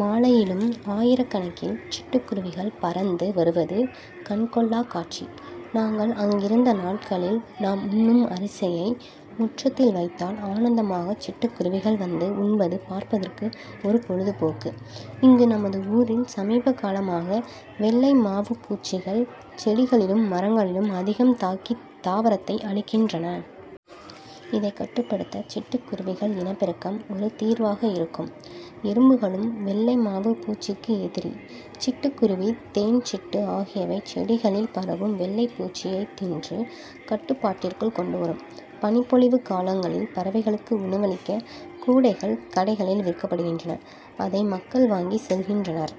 மாலையிலும் ஆயிரக்கணக்கில் சிட்டுக்குருவிகள் பறந்து வருவது கண் கொள்ளா காட்சி. நாங்கள் அங்கிருந்த நாட்களில் நாம் உண்ணும் அரிசியை முற்றத்தில் வைத்தால் ஆனந்தமாக சிட்டுக் குருவிகள் வந்து உண்பது பார்ப்பதற்கு ஒரு பொழுதுபோக்கு. இங்கு நமது ஊரில் சமீப காலமாக வெள்ளை மாவு பூச்சிகள் செடிகளிலும் மரங்களிலும் அதிகம் தாக்கி தாவரத்தை அழிக்கின்றன. இதை கட்டுப்படுத்த சிட்டுக்குருவிகள் இனப்பெருக்கம் ஒரு தீர்வாக இருக்கும். எறும்புகளும் வெள்ளை மாவு பூச்சிக்கு எதிரி. சிட்டுக்குருவி தேன் சிட்டு ஆகியவை செடிகளில் பரவும் வெள்ளை பூச்சியை தின்று கட்டுப்பாட்டிற்குள் கொண்டு வரும். பனிப்பொழிவு காலங்களில் பறவைகளுக்கு உணவளிக்க கூடைகள் கடைகளில் விற்கப்படுகின்றன. அதை மக்கள் வாங்கி செல்கின்றனர்.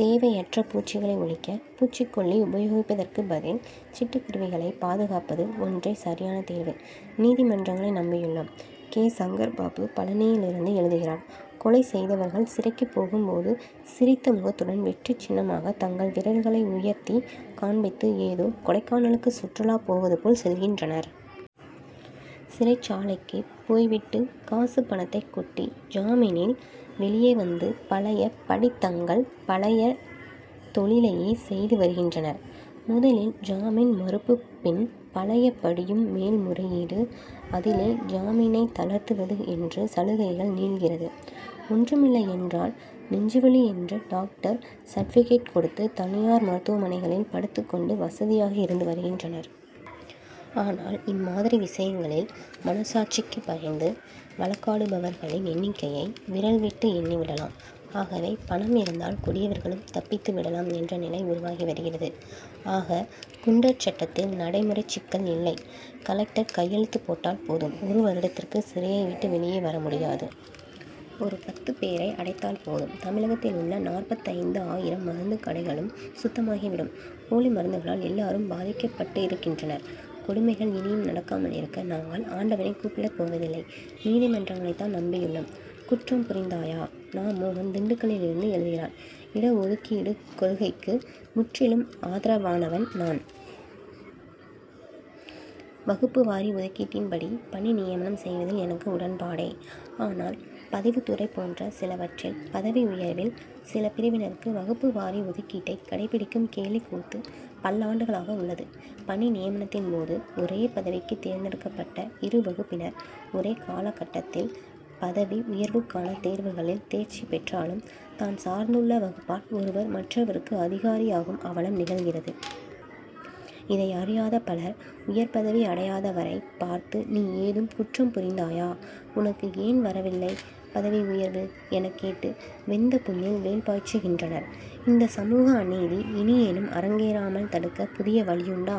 தேவையற்ற பூச்சிகளை ஒழிக்க பூச்சிக்கொல்லி உபயோகிப்பதற்கு பதில் சிட்டுக் குருவிகளை பாதுகாப்பது ஒன்றே சரியான தீர்வு. நீதிமன்றங்களை நம்பியுள்ளோம்! கே. சங்கர்பாபு பழனியிலிருந்து எழுதுகிறார் கொலை செய்தவர்கள் சிறைக்கு போகும் போது, சிரித்த முகத்துடன் வெற்றிச் சின்னமாக தங்கள் விரல்களை உயர்த்தி காண்பித்து ஏதோ கொடைக்கானலுக்கு சுற்றுலா போவது போல் செல்கின்றனர். சிறைச்சாலைக்கு போய்விட்டு காசு பணத்தை கொட்டி ஜாமீனில் வெளியே வந்து பழைய படி தங்கள் பழைய தொழிலையே செய்து வருகின்றனர். முதலில் ஜாமீன் மறுப்பு பின் பழைய படியும் மேல்முறையீடு. அதிலே ஜாமீனை தளர்த்துவது என்று சலுகைகள் நீள்கிறது. ஒன்றுமில்லையென்றால் நெஞ்சுவலி என்று டாக்டர் சர்டிபிகேட் கொடுத்து தனியார் மருத்துவமனைகளில் படுத்துக் கொண்டு வசதியாக இருந்து வருகின்றனர். ஆனால் இம்மாதிரி விஷயங்களில் மன சாட்சிக்கு பயந்து வழக்காடுபவர்களின் எண்ணிக்கையை விரல் விட்டு எண்ணிவிடலாம். ஆகவே பணம் இருந்தால் கொடியவர்களும் தப்பித்து விடலாம் என்ற நிலை உருவாகி வருகிறது. ஆக குண்டர் சட்டத்தில் நடைமுறை சிக்கல் இல்லை. கலெக்டர் கையெழுத்து போட்டால் போதும் ஒரு வருடத்திற்கு சிறையை விட்டு வெளியே வர முடியாது. ஒரு பத்து பேரை அடைத்தால் போதும் தமிழகத்தில் உள்ள நாற்பத்தைந்து ஆயிரம் மருந்து கடைகளும் சுத்தமாகிவிடும். போலி மருந்துகளால் எல்லாரும் பாதிக்கப்பட்டிருக்கின்றனர். கொடுமைகள் இனியும் நடக்காமல் இருக்க நாங்கள் ஆண்டவனை கூப்பிடப் போவதில்லை. நீதிமன்றங்களை தான் நம்பியுள்ளோம். குற்றம்புரிந்தாயா? நா. மோகன் திண்டுக்கலிலிருந்து எழுதுகிறார் இடஒதுக்கீடுக் கொள்கைக்கு முற்றிலும் ஆதரவானவன் நான். வகுப்பு வாரி ஒதுக்கீட்டின் படி பணி நியமனம் செய்வதில் எனக்கு உடன்பாடே. ஆனால் பதிவுத்துறை போன்ற சிலவற்றில் பதவி உயர்வில் சில பிரிவினருக்கு வகுப்பு வாரி ஒதுக்கீட்டைக் கடைபிடிக்கும் கேலிக் கூத்து பல்லாண்டுகளாக உள்ளது. பணி நியமனத்தின் போது ஒரே பதவிக்குத் தேர்ந்தெடுக்கப்பட்ட இரு வகுப்பினர் ஒரே கால கட்டத்தில் பதவி உயர்வுக்கான தேர்வுகளில் தேர்ச்சி பெற்றாலும் தான் சார்ந்துள்ள வகுப்பால் ஒருவர் மற்றவருக்கு அதிகாரியாகும் அவலம் நிகழ்கிறது. இதை அறியாத பலர் உயர் பதவி அடையாதவரைப் பார்த்து நீ ஏதும் குற்றம் புரிந்தாயா? உனக்கு ஏன் வரவில்லை பதவி உயர்வு? எனக் கேட்டு வெந்த புண்ணில் வேல் பாய்ச்சுகின்றனர். இந்தச் சமூக அநீதி இனியேனும் அரங்கேறாமல் தடுக்க புதிய வழியுண்டா?